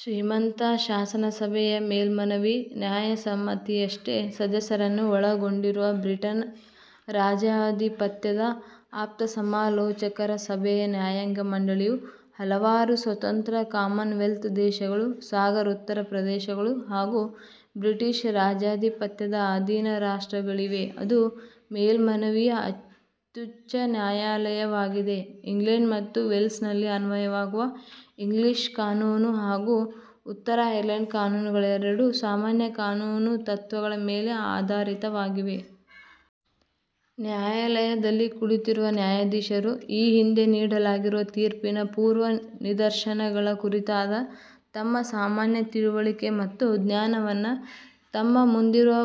ಶ್ರೀಮಂತ ಶಾಸನಸಭೆ ಯ ಮೇಲ್ಮನವಿ ನ್ಯಾಯಸಮಿತಿಯಷ್ಟೇ ಸದಸ್ಯರನ್ನು ಒಳಗೊಂಡಿರುವ ಬ್ರಿಟನ್ ರಾಜಾಧಿಪತ್ಯದ ಆಪ್ತಸಮಾಲೋಚಕರ ಸಭೆಯ ನ್ಯಾಯಾಂಗ ಮಂಡಳಿ ಯು ಹಲವಾರು ಸ್ವತಂತ್ರ ಕಾಮನ್ವೆಲ್ತ್ ದೇಶಗಳು, ಸಾಗರೋತ್ತರ ಪ್ರದೇಶಗಳು ಹಾಗೂ ಬ್ರಿಟಿಷ್ ರಾಜಾಧಿಪತ್ಯದ ಅಧೀನ ರಾಷ್ಟ್ರಗಳಿಗೆ ಅದು ಮೇಲ್ಮನವಿಯ ಅತ್ಯುಚ್ಚ ನ್ಯಾಯಾಲಯವಾಗಿದೆ. ಇಂಗ್ಲೆಂಡ್ ಮತ್ತು ವೇಲ್ಸ್ ನಲ್ಲಿ ಅನ್ವಯವಾಗುವ ಇಂಗ್ಲೀಷ್ ಕಾನೂನು ಹಾಗೂ ಉತ್ತರ ಐರ್ಲೆಂಡ್ ಕಾನೂನು ಗಳೆರಡೂ ಸಾಮಾನ್ಯ ಕಾನೂನು ತತ್ವಗಳ ಮೇಲೆ ಆಧರಿತವಾಗಿವೆ. ನ್ಯಾಯಾಲಯ ದಲ್ಲಿ ಕುಳಿತಿರುವ ನ್ಯಾಯಾಧೀಶ ರು, ಈ ಹಿಂದೆ ನೀಡಲಾಗಿರುವ ತೀರ್ಪಿನ ಪೂರ್ವ ನಿದರ್ಶನಗಳ ಕುರಿತಾದ ತಮ್ಮ ಸಾಮಾನ್ಯ ತಿಳುವಳಿಕೆ ಮತ್ತು ಜ್ಞಾನವನ್ನು ತಮ್ಮ ಮುಂದಿರುವ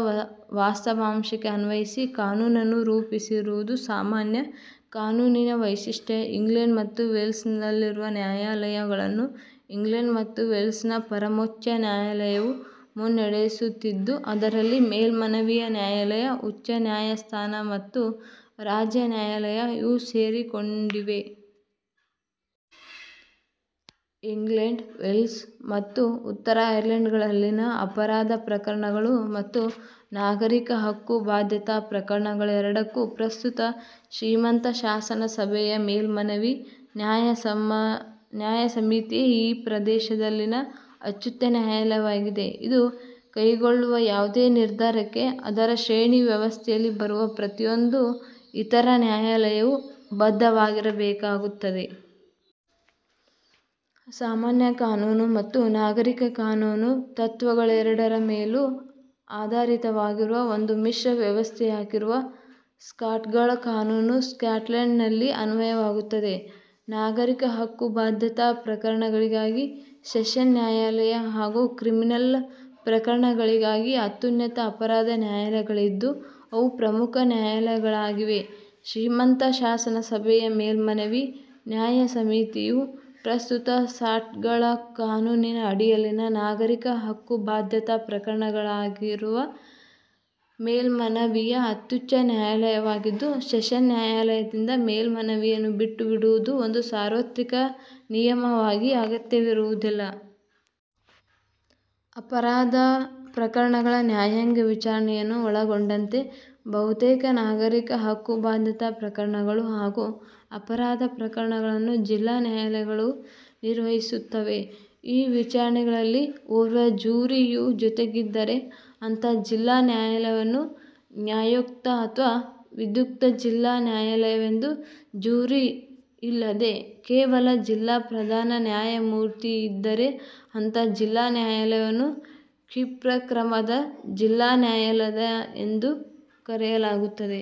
ವಾಸ್ತವಾಂಶಕ್ಕೆ ಅನ್ವಯಿಸಿ, ಕಾನೂನನ್ನು ರೂಪಿಸಿರುವುದು ಸಾಮಾನ್ಯ ಕಾನೂನಿನ ವೈಶಿಷ್ಟ್ಯ. ಇಂಗ್ಲೆಂಡ್ ಮತ್ತು ವೇಲ್ಸ್ನಲ್ಲಿರುವ ನ್ಯಾಯಾಲಯ ಗಳನ್ನು ಇಂಗ್ಲೆಂಡ್ ಮತ್ತು ವೇಲ್ಸ್ನ ಪರಮೋಚ್ಚ ನ್ಯಾಯಾಲಯವು ಮುನ್ನಡೆಸುತ್ತಿದ್ದು, ಅದರಲ್ಲಿ ಮೇಲ್ಮನವಿಯ ನ್ಯಾಯಾಲಯ, ಉಚ್ಚ ನ್ಯಾಯಸ್ಥಾನ ಮತ್ತು ರಾಜ ನ್ಯಾಯಾಲಯ ಇವುಗಳು ಸೇರಿಕೊಂಡಿವೆ. ಇಂಗ್ಲೆಂಡ್, ವೇಲ್ಸ್ ಮತ್ತು ಉತ್ತರ ಐರ್ಲೆಂಡ್ ಗಳಲ್ಲಿನ ಅಪರಾಧ ಪ್ರಕರಣಗಳು ಮತ್ತು ನಾಗರೀಕ ಹಕ್ಕುಬಾಧ್ಯತಾ ಪ್ರಕರಣಗಳೆರಡಕ್ಕೂ ಪ್ರಸ್ತುತ ಶ್ರೀಮಂತ ಶಾಸನ ಸಭೆಯ ಮೇಲ್ಮನವಿ ನ್ಯಾಯ ಸಮ ನ್ಯಾಯಸಮಿತಿ ಆ ಪ್ರದೇಶದಲ್ಲಿನ ಅತ್ಯುಚ್ಚ ನ್ಯಾಯಾಲಯವಾಗಿದೆ. ಇದು ಕೈಗೊಳ್ಳುವ ಯಾವುದೇ ನಿರ್ಧಾರಕ್ಕೆ ಅದರ ಶ್ರೇಣಿ ವ್ಯವಸ್ಥೆಯಲ್ಲಿ ಬರುವ ಪ್ರತಿಯೊಂದು ಇತರ ನ್ಯಾಯಾಲಯವೂ ಬದ್ಧವಾಗಿರಬೇಕಾಗುತ್ತದೆ. ಸಾಮಾನ್ಯ ಕಾನೂನು ಮತ್ತು ನಾಗರೀಕ ಕಾನೂನು ತತ್ವಗಳೆರಡರ ಮೇಲೂ ಆದಾರಿತವಾಗಿರುವ ಒಂದು ಮಿಶ್ರ ವ್ಯವಸ್ಥೆಯಾಗಿರುವ ಸ್ಕಾಟ್ಗಳ ಕಾನೂನು ಸ್ಕಾಟ್ಲೆಂಡ್ ನಲ್ಲಿ ಅನ್ವಯವಾಗುತ್ತದೆ. ನಾಗರಿಕ ಹಕ್ಕುಬಾಧ್ಯತಾ ಪ್ರಕರಣಗಳಿಗಾಗಿ ಸೆಷನ್ ನ್ಯಾಯಾಲಯ ಹಾಗೂ ಕ್ರಿಮಿನಲ್ ಪ್ರಕರಣಗಳಿಗಾಗಿ ಅತ್ಯುನ್ನತ ಅಪರಾಧ ನ್ಯಾಯಾಲಯಗಳಿದ್ದು, ಅವು ಪ್ರಮುಖ ನ್ಯಾಯಾಲಯಗಳಾಗಿವೆ. ಶ್ರೀಮಂತ ಶಾಸನಸಭೆಯ ಮೇಲ್ಮನವಿ ನ್ಯಾಯಸಮಿತಿಯು ಪ್ರಸ್ತುತ ಸಾಟ್ಗಳ ಕಾನೂನಿನ ಅಡಿಯಲ್ಲಿನ ನಾಗರಿಕ ಹಕ್ಕುಬಾಧ್ಯತಾ ಪ್ರಕರಣಗಳಾಗಿರುವ ಮೇಲ್ಮನವಿಯ ಅತ್ಯುಚ್ಚ ನ್ಯಾಯಾಲಯವಾಗಿದ್ದು, ಸೆಷನ್ ನ್ಯಾಯಾಲಯದಿಂದ ಮೇಲ್ಮನವಿಯನ್ನು ಬಿಟ್ಟುಬಿಡುವುದು ಒಂದು ಸಾರ್ವತ್ರಿಕ ನಿಯಮವಾಗಿ ಅಗತ್ಯವಿರುವುದಿಲ್ಲ. ಅಪರಾಧ ಪ್ರಕರಣಗಳ ನ್ಯಾಯಾಂಗ ವಿಚಾರಣೆ ಯನ್ನು ಒಳಗೊಂಡಂತೆ, ಬಹುತೇಕ ನಾಗರಿಕ ಹಕ್ಕುಬಾಧ್ಯತಾ ಪ್ರಕರಣಗಳು ಹಾಗೂ ಅಪರಾಧ ಪ್ರಕರಣಗಳನ್ನು ಜಿಲ್ಲಾ ನ್ಯಾಯಾಲಯ ಗಳು ನಿರ್ವಹಿಸುತ್ತವೆ. ಈ ವಿಚಾರಣೆಗಳಲ್ಲಿ ಓರ್ವ ಜ್ಯೂರಿಯು ಜೊತೆಗಿದ್ದರೆ ಅಂಥಾ ಜಿಲ್ಲಾ ನ್ಯಾಯಾಲಯವನ್ನು ನ್ಯಾಯೋಕ್ತ ಅಥವಾ ವಿಧ್ಯುಕ್ತ ಜಿಲ್ಲಾ ನಾಯಾಲಯವೆಂದೂ, ಜ್ಯೂರಿ ಇಲ್ಲದೇ ಕೇವಲ ಜಿಲ್ಲಾ ಪ್ರಧಾನ ನ್ಯಾಯಮೂರ್ತಿಯಿದ್ದರೆ ಅಂಥಾ ಜಿಲ್ಲಾ ನ್ಯಾಯಾಲಯವನ್ನು ಕ್ಷಿಪ್ರಕ್ರಮದ ಜಿಲ್ಲಾ ನ್ಯಾಯಾಲಯ ಎಂದು ಕರೆಯಲಾಗುತ್ತದೆ.